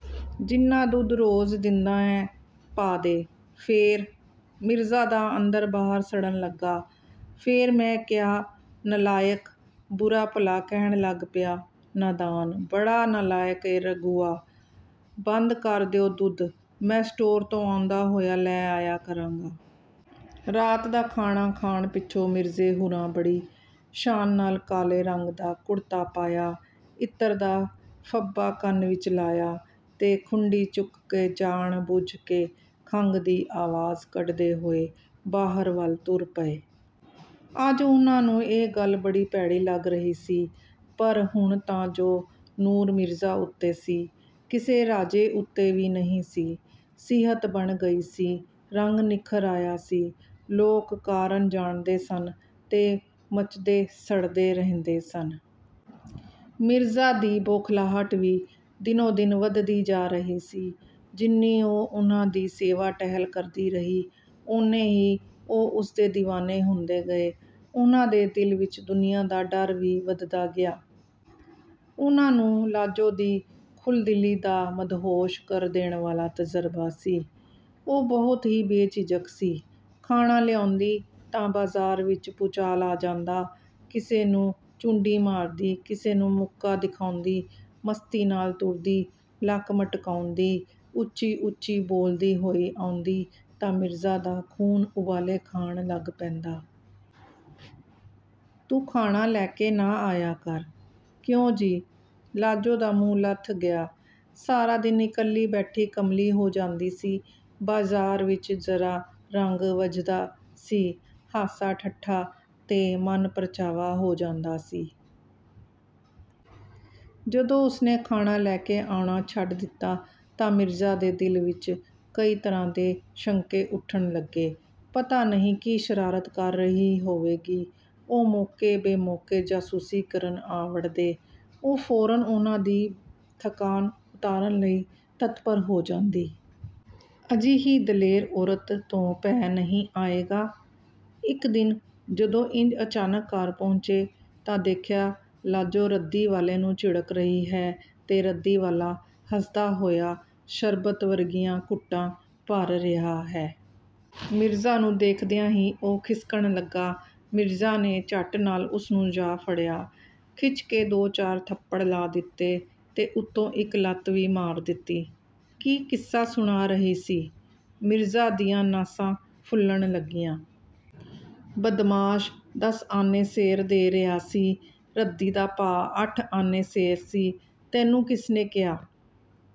ਜਿੰਨਾ ਦੁੱਧ ਰੋਜ਼ ਦਿੰਦਾ ਐਂ, ਪਾ ਦੇ। "ਫੇਰ?" ਮਿਰਜ਼ਾ ਦਾ ਅੰਦਰ-ਬਾਹਰ ਸੜਨ ਲੱਗਾ। "ਫੇਰ ਮੈਂ ਕਿਹਾ, ਨਲਾਇਕ, ਬੁਰਾ-ਭਲਾ ਕਹਿਣ ਲੱਗ ਪਿਆ.." "ਨਾਦਾਨ! ਬੜਾ ਨਲਾਇਕ ਏਂ ਰਘੂਆ। ਬੰਦ ਕਰ ਦਿਓ ਦੁੱਧ। ਮੈਂ ਸਟੋਰ ਤੋਂ ਆਉਂਦਾ ਹੋਇਆ ਲੈ ਆਇਆ ਕਰਾਂਗਾ।" ਰਾਤ ਦਾ ਖਾਣਾ ਖਾਣ ਪਿੱਛੋਂ ਮਿਰਜ਼ੇ ਹੁਰਾਂ ਬੜੀ ਸ਼ਾਨ ਨਾਲ ਕਾਲੇ ਰੰਗ ਦਾ ਕੁੜਤਾ ਪਾਇਆ, ਇਤਰ ਦਾ ਫੰਬਾ ਕੰਨ ਵਿੱਚ ਲਾਇਆ ਤੇ ਖੁੰਡੀ ਚੁੱਕ ਕੇ ਜਾਣ-ਬੁੱਝ ਕੇ ਖੰਘ ਦੀ ਆਵਾਜ਼ ਕੱਢਦੇ ਹੋਏ ਬਾਹਰ ਵੱਲ ਤੁਰ ਪਏ। ਅੱਜ ਉਹਨਾਂ ਨੂੰ ਇਹ ਗੱਲ ਬੜੀ ਭੈੜੀ ਲੱਗ ਰਹੀ ਸੀ। ਪਰ ਹੁਣ ਤਾਂ ਜੋ ਨੂਰ ਮਿਰਜ਼ਾ ਉੱਤੇ ਸੀ, ਕਿਸੇ ਰਾਜੇ ਉੱਤੇ ਵੀ ਨਹੀਂ ਸੀ। ਸਿਹਤ ਬਣ ਗਈ ਸੀ, ਰੰਗ ਨਿੱਖਰ ਆਇਆ ਸੀ। ਲੋਕ ਕਾਰਨ ਜਾਣਦੇ ਸਨ ਤੇ ਮੱਚਦੇ-ਸੜਦੇ ਰਹਿੰਦੇ ਸਨ। ਮਿਰਜ਼ਾ ਦੀ ਬੋਖਲਾਹਟ ਵੀ ਦਿਨੋਂ-ਦਿਨ ਵਧਦੀ ਜਾ ਰਹੀ ਸੀ। ਜਿੰਨੀ ਉਹ ਉਹਨਾਂ ਦੀ ਸੇਵਾ-ਟਹਿਲ ਕਰਦੀ ਰਹੀ, ਓਨੇ ਹੀ ਉਹ ਉਸਦੇ ਦੀਵਾਨੇ ਹੁੰਦੇ ਗਏ। ਉਹਨਾਂ ਦੇ ਦਿਲ ਵਿੱਚ ਦੁਨੀਆ ਦਾ ਡਰ ਵੀ ਵਧਦਾ ਗਿਆ। ਉਹਨਾਂ ਨੂੰ ਲਾਜੋ ਦੀ ਖੁੱਲ੍ਹਦਿਲੀ ਦਾ ਮਦਹੋਸ਼ ਕਰ ਦੇਣ ਵਾਲਾ ਤਜ਼ਰਬਾ ਸੀ। ਉਹ ਬਹੁਤ ਹੀ ਬੇਝਿਜਕ ਸੀ। ਖਾਣਾ ਲਿਆਉਂਦੀ ਤਾਂ ਬਾਜ਼ਾਰ ਵਿੱਚ ਭੂਚਾਲ ਆ ਜਾਂਦਾ। ਕਿਸੇ ਨੂੰ ਚੂੰਢੀ ਮਾਰਦੀ, ਕਿਸੇ ਨੂੰ ਮੁੱਕਾ ਦਿਖਾਉਂਦੀ, ਮਸਤੀ ਨਾਲ ਤੁਰਦੀ, ਲੱਕ ਮਟਕਾਉਂਦੀ, ਉੱਚੀ-ਉੱਚੀ ਬੋਲਦੀ ਹੋਈ ਆਉਂਦੀ ਤਾਂ ਮਿਰਜ਼ਾ ਦਾ ਖ਼ੂਨ ਉਬਾਲੇ ਖਾਣ ਲੱਗ ਪੈਂਦਾ। "ਤੂੰ ਖਾਣਾ ਲੈ ਕੇ ਨਾ ਆਇਆ ਕਰ।" "ਕਿਉਂ ਜੀ...?" ਲਾਜੋ ਦਾ ਮੂੰਹ ਲੱਥ ਗਿਆ। ਸਾਰਾ ਦਿਨ ਇਕੱਲੀ ਬੈਠੀ ਕਮਲੀ ਹੋ ਜਾਂਦੀ ਸੀ। ਬਾਜ਼ਾਰ ਵਿੱਚ ਜ਼ਰਾ ਰੰਗ ਵੱਝਦਾ ਸੀ, ਹਾਸਾ-ਠੱਠਾ ਤੇ ਮਨ-ਪ੍ਰਚਾਵਾ ਹੋ ਜਾਂਦਾ ਸੀ। ਜਦੋਂ ਉਸਨੇ ਖਾਣਾ ਲੈ ਕੇ ਆਉਣਾ ਛੱਡ ਦਿੱਤਾ ਤਾਂ ਮਿਰਜ਼ਾ ਦੇ ਦਿਲ ਵਿੱਚ ਕਈ ਤਰ੍ਹਾਂ ਦੇ ਸ਼ੰਕੇ ਉੱਠਣ ਲੱਗੇ। ਪਤਾ ਨਹੀਂ ਕੀ ਸ਼ਰਾਰਤ ਕਰ ਰਹੀ ਹੋਵੇਗੀ। ਉਹ ਮੌਕੇ-ਬੇਮੌਕੇ ਜਾਸੂਸੀ ਕਰਨ ਆ ਵੜਦੇ। ਉਹ ਫ਼ੌਰਨ ਉਹਨਾਂ ਦੀ ਥਕਾਣ ਉਤਾਰਨ ਲਈ ਤਤਪਰ ਹੋ ਜਾਂਦੀ। ਅਜਿਹੀ ਦਲੇਰ ਔਰਤ ਤੋਂ ਭੈ ਨਹੀਂ ਆਏਗਾ? ਇੱਕ ਦਿਨ, ਜਦੋਂ ਇੰਜ ਅਚਾਨਕ ਘਰ ਪਹੁੰਚੇ, ਤਾਂ ਦੇਖਿਆ ਲਾਜੋ ਰੱਦੀ ਵਾਲੇ ਨੂੰ ਝਿੜਕ ਰਹੀ ਹੈ ਤੇ ਰੱਦੀ ਵਾਲਾ ਹੱਸਦਾ ਹੋਇਆ ਸ਼ਰਬਤ ਵਰਗੀਆਂ ਘੁੱਟਾਂ ਭਰ ਰਿਹਾ ਹੈ। ਮਿਰਜ਼ਾ ਨੂੰ ਦੇਖਦਿਆਂ ਹੀ ਉਹ ਖਿਸਕਣ ਲੱਗਿਆ। ਮਿਰਜ਼ਾ ਨੇ ਝੱਟ ਨਾਲ ਉਸਨੂੰ ਜਾ ਫੜਿਆ, ਖਿੱਚ ਕੇ ਦੋ-ਚਾਰ ਥੱਪੜ ਲਾ ਦਿੱਤੇ ਤੇ ਉੱਤੋਂ ਇੱਕ ਲੱਤ ਵੀ ਮਾਰ ਦਿੱਤੀ। "ਕੀ ਕਿੱਸਾ ਸੁਣਾ ਰਹੀ ਸੀ?" ਮਿਰਜ਼ਾ ਦੀਆਂ ਨਾਸਾਂ ਫੁੱਲਣ ਲੱਗੀਆਂ। "ਬਦਮਾਸ਼, ਦਸ ਆਨੇ ਸੇਰ ਦੇ ਰਿਹਾ ਸੀ। ਰੱਦੀ ਦਾ ਭਾਅ ਅੱਠ ਆਨੇ ਸੇਰ ਸੀ। "ਤੈਨੂੰ ਕਿਸ ਨੇ ਕਿਹਾ?"